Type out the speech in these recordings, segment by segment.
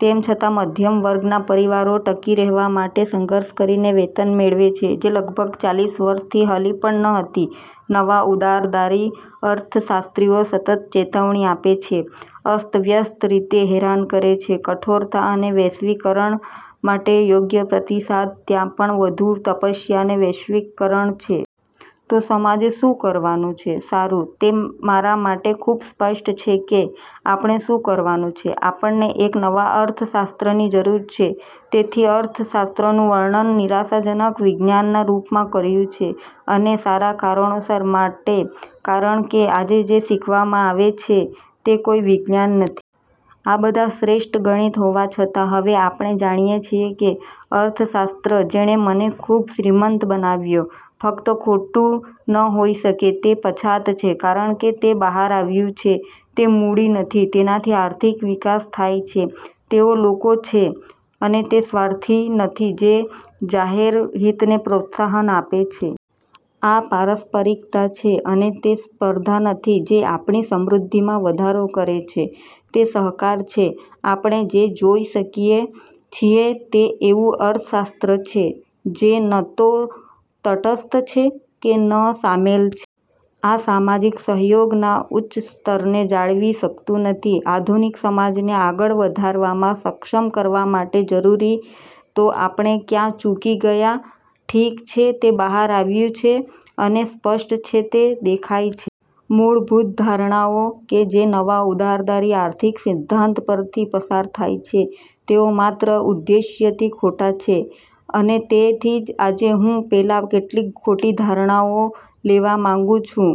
તેમ છતાં, મધ્યમ વર્ગના પરિવારો ટકી રહેવા માટે સંઘર્ષ કરીને વેતન મેળવે છે જે લગભગ ચાલીસ વર્ષથી હલી પણ ન હતી નવા-ઉદારદારી અર્થશાસ્ત્રીઓ સતત ચેતવણી આપે છે, અસ્તવ્યસ્ત રીતે હેરાન કરે છે, કઠોરતા અને વૈશ્વિકરણ માટે યોગ્ય પ્રતિસાદ ત્યાં પણ વધુ તપસ્યા અને વૈશ્વિકરણ છે. તો સમાજે શું કરવાનું છે? સારું, તે મારા માટે ખૂબ સ્પષ્ટ છે કે આપણે શું કરવાનું છે. આપણને એક નવા અર્થશાસ્ત્રની જરૂર છે. તેથી, અર્થશાસ્ત્રનું વર્ણન નિરાશાજનક વિજ્ઞાન ના રૂપમાં કર્યું છે અને સારા કારણોસર માટે કારણ કે આજે જે શીખવવામાં આવે છે, તે કોઈ વિજ્ઞાન નથી. આ બધા શ્રેષ્ઠ ગણિત હોવા છતાં હવે આપણે જાણીએ છીએ કે અર્થશાસ્ત્ર જેણે મને ખૂબ શ્રીમંત બનાવ્યો, ફક્ત ખોટું ન હોઈ શકે, તે પછાત છે, કારણ કે તે બહાર આવ્યું છે તે મૂડી નથી તેનાથી આર્થિક વિકાસ થાય છે, તેઓ લોકો છે; અને તે સ્વાર્થી નથી જે જાહેર હિતને પ્રોત્સાહન આપે છે. આ પારસ્પરિકતા છે, અને તે સ્પર્ધા નથી જે આપણી સમૃદ્ધિમાં વધારો કરે છે. તે સહકાર છે. આપણે જે જોઈ શકીએ છીએ તે એવું અર્થશાસ્ત્ર છે જે ન તો તટસ્થ છે કે ન શામેલ છે. આ સામાજિક સહયોગ ના ઉચ્ચ સ્તર ને જાળવી શકતું નથી. આધુનિક સમાજને આગળ વધારવામાં સક્ષમ કરવા માટે જરૂરી. તો આપણે ક્યાં ચૂકી ગયા? ઠીક છે, તે બહાર આવ્યું છે અને સ્પષ્ટ છે તે દેખાય છે. મૂળભૂત ધારણાઓ કે જે નવા ઉદારદારી આર્થિક સિદ્ધાંત પર થી પસાર થાય છે, તેઓ માત્ર ઉદ્દેશ્યથી ખોટા છે અને તેથી આજે હું પેલા કેટલીક ખોટી ધારણાઓ લેવા માંગુ છુ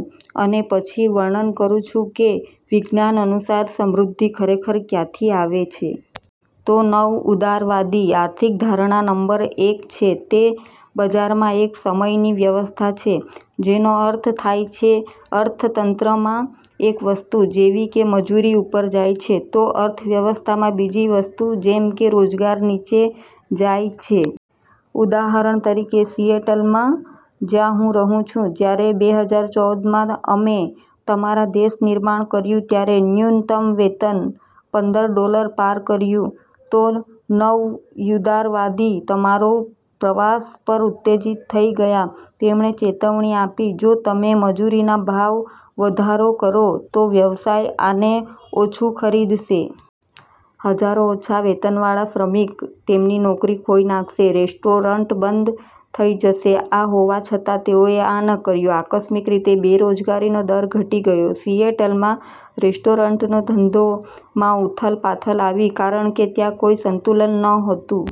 અને પછી વર્ણન કરુ છુ કે વિજ્ઞાન અનુસાર સમૃદ્ધિ ખરેખર ક્યાંથી આવે છે. તો નવઉદારવાદી આર્થિક ધારણા નંબર એક છે તે બજારમાં એક સમયની વ્યવસ્થા છે જેનો અર્થ થાય છે અર્થતંત્રમાં એક વસ્તુ, જેવી કે મજૂરી ઉપર જાય છે, તો અર્થ વ્યવસ્થામાં બીજી વસ્તુ, જેમ કે રોજગાર નીચે જાય છે. ઉદાહરણ તરીકે; સિએટલમાં જ્યાં હું રહું છુ, જ્યારે બેહજાર ચૌદ મા અમે તમારા દેશ નિર્માણ કર્યું ત્યારે ન્યુનમ વેતન પંદર ડોલર પાર કર્યું. તો નવયુદારવાદી તમારો પ્રવાશ પર ઉત્તેજિત થઈ ગયા. તેમણે ચેતવણી આપી "જો તમે મજૂરીના ભાવ વધારો કરો, તો વ્યવસાય આને ઓછું ખરીદસે." હજારો ઓછા વેતનવાળા શ્રમિક તેમની નોકરી ખોઈ નાખસે, રેસ્ટ્રોરંટ બંધ થઈ જસે. આ હોવા છતા તેઓએ આ ન કર્યું. આકસ્મિક રીતે બેરોજગારીનો દર ઘટી ગયો. સિએટલમાં રેસ્ટોરન્ટનો ધંધોમાં ઉથલપાથલ આવી કારણકે ત્યાં કોઈ સંતુલન નહોતુ.